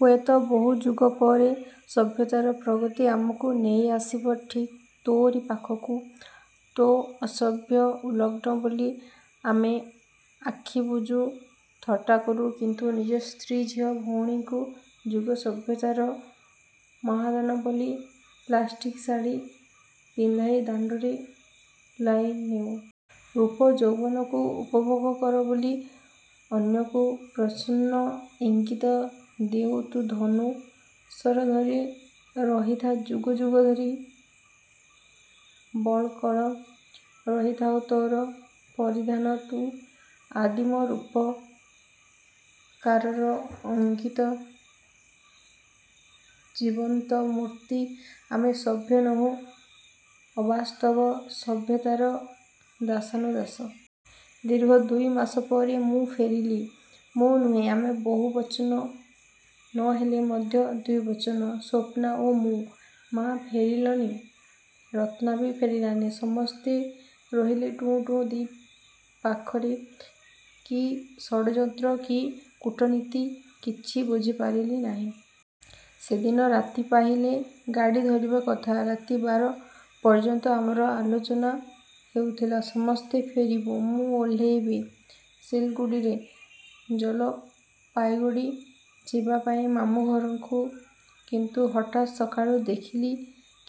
ହୁଏତ ବହୁ ଯୁଗ ପରେ ସଭ୍ୟତାର ପ୍ରଗତି ଆମକୁ ନେଇଆସିବ ଠିକ୍ ତୋରି ପାଖକୁ। ତୁ ଅସଭ୍ୟ, ଉଲଗ୍ନ ବୋଲି ଆମେ ଆଖି ବୁଜୁ, ଥଟ୍ଟା କରୁ; କିନ୍ତୁ ନିଜ ସ୍ତ୍ରୀ, ଝିଅ, ଭଉଣୀଙ୍କୁ ଯୁଗ ସଭ୍ୟତାର ମହାଦାନ ବୋଲି ପ୍ଲାଷ୍ଟିକ ଶାଢୀ ପିନ୍ଧାଇ ଦାଣ୍ଡରେ ବୁଲାଇନେଉ। ରୂପ ଯୌବନକୁ ଉପଭୋଗ କର ବୋଲି ଅନ୍ୟକୁ ପ୍ରଚ୍ଛନ୍ନ ଇଙ୍ଗିତ ଦେଉ। ତୁ ଧନୁଶର ଧରି ରହିଥା ଯୁଗ ଯୁଗ ଧରି, ବଳ୍ କଳ ରହିଥାଉ ତୋର ପରିଧାନ, ତୁ ଆଦିମ ରୂପକାରର ଅଙ୍କିତ ଜୀବନ୍ତ ମୂର୍ତ୍ତି। ଆମେ ସଭ୍ୟ ନୋହୁଁ, ଅବାସ୍ତବ ସଭ୍ୟତାର ଦାସାନୁଦାସ। ଦୀର୍ଘ ଦୁଇ ମାସ ପରେ ମୁଁ ଫେରିଲି। ମୁଁ ନୁହେଁ ଆମେ। ବହୁବଚନ ନ ହେଲେ ମଧ୍ୟ ଦ୍ୱିବଚନ। ସ୍ୱପ୍ନା ଓ ମୁଁ। ମା ଫେରିଲନି, ରତ୍ନା ବି ଫେରିଲାନି। ସମସ୍ତେ ରହିଲେ ଟୁ ଟୁ ଦି ପାଖରେ। କି ଷଡ଼ଯନ୍ତ୍ର, କି କୂଟନୀତି କିଛି ବୁଝିପାରିଲି ନାହିଁ। ସେଦିନ ରାତି ପାହିଲେ ଗାଡ଼ି ଧରିବା କଥା। ରାତି ବାର ପର୍ଯ୍ୟନ୍ତ ଆମର ଆଲୋଚନା ହେଉଥିଲା, ସମସ୍ତେ ଫେରିବୁ। ମୁଁ ଓହ୍ଲେଇବି ସିଲଗୁଡ଼ିରେ-ଜଲ-ପାଇଗୁଡ଼ି ଯିବା ପାଇଁ ମାମୁଁଘରକୁ, କିନ୍ତୁ ହଠାତ୍ ସକାଳୁ ଦେଖିଲି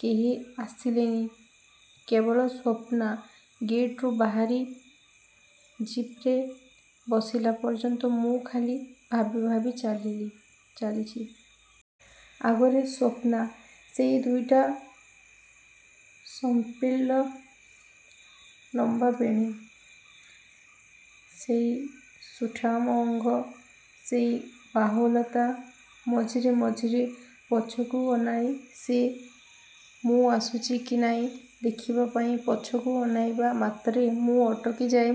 କେହି ଆସିଲେନି, କେବଳ ସ୍ୱପ୍ନା। ଗେଟରୁ ବାହାରି ଜିପ୍ରେ ବସିଲା ପର୍ଯ୍ୟନ୍ତ ମୁଁ ଖାଲି ଭାବି ଭାବି ଚାଲିଚି। ଆଗରେ ସ୍ୱପ୍ନା। ସେଇ ଦୁଇଟା ସର୍ପିଳ ଲମ୍ବା ବେଣୀ। ସେଇ ସୁଠାମ ଅଙ୍ଗ। ସେଇ ବାହୁଲତା। ମଝିରେ ମଝିରେ ପଛକୁ ଅନାଏଁ ସେ, ମୁଁ ଆସୁଚି କି ନାହିଁ ଦେଖିବା ପାଇଁ। ପଛକୁ ଅନାଇବା ମାତ୍ରେ ମୁଁ ଅଟକିଯାଏ।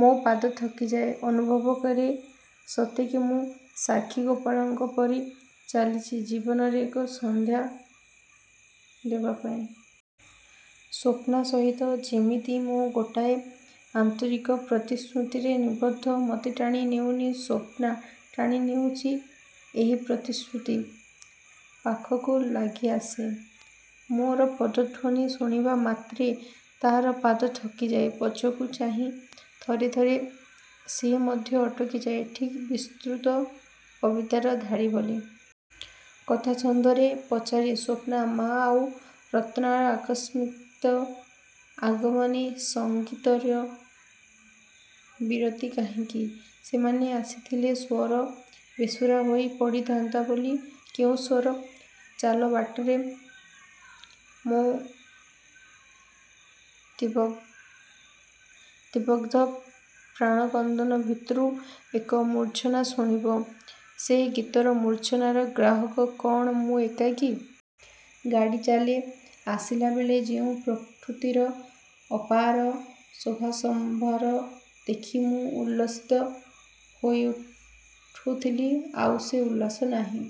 ମୋ ପାଦ ଥକିଯାଏ। ଅନୁଭବ କରେ, ସତେ କି ମୁଁ ସାକ୍ଷୀଗୋପାଳଙ୍କ ପରି ଚାଲିଚି ଜୀବନରେ ଏକ ସାକ୍ଷ୍ୟ ଦେବା ପାଇଁ। ସ୍ୱପ୍ନା ସହିତ ଯେମିତି ମୁଁ ଗୋଟାଏ ଆନ୍ତରିକ ପ୍ରତିଶ୍ରୁତିରେ ନିବଦ୍ଧ। ମତେ ଟାଣି ନେଉନି ସ୍ୱପ୍ନା, ଟାଣି ନେଉଚି ଏହି ପ୍ରତିଶ୍ରୁତି। ପାଖକୁ ଲାଗିଆସେ। ମୋର ପଦଧ୍ୱନି ଶୁଣିବା ମାତ୍ରେ ତାର ପାଦ ଥକିଯାଏ। ପଛକୁ ଚାହିଁ ଥରେ ଥରେ ସେ ମଧ୍ୟ ଅଟକି ଯାଏ ଠିକ୍ ବିସ୍ତୃତ କବିତାର ଧାଡ଼ି ଭଳି। କଥା ଛନ୍ଦରେ ପଚାରେ-ସ୍ୱପ୍ନା! ମା ଆଉ ରତ୍ନାର ଆକସ୍ମିତ ଆଗମନୀ ସଙ୍ଗୀତର ବିରତି କାହିଁକି? -ସେମାନେ ଆସିଥିଲେ ସ୍ୱର ବେସୁରା ହୋଇ ପଡ଼ିଥାନ୍ତା ବୋଲି। -କେଉଁ ସ୍ୱର? -ଚାଲ, ବାଟରେ ମୋ ଦିବଗ୍ଧ ପ୍ରାଣକନ୍ଦର ଭିତରୁ ଏକ ମୂର୍ଚ୍ଛାନା ଶୁଣିବ। -ସେ ଗୀତର ମୂର୍ଚ୍ଛନାର ଗ୍ରାହକ କ'ଣ ମୁଁ ଏକାକୀ? ଗାଡ଼ି ଚାଲେ। ଆସିଲାବେଳେ ଯେଉଁ ପ୍ରକୃତିର ଅପାର ଶୋଭାସମ୍ଭାର ଦେଖି ମୁଁ ଉଲ୍ଲସିତ ହୋଇଉଠୁଥିଲି ଆଉ ସେ ଉଲ୍ଲାସ ନାହିଁ।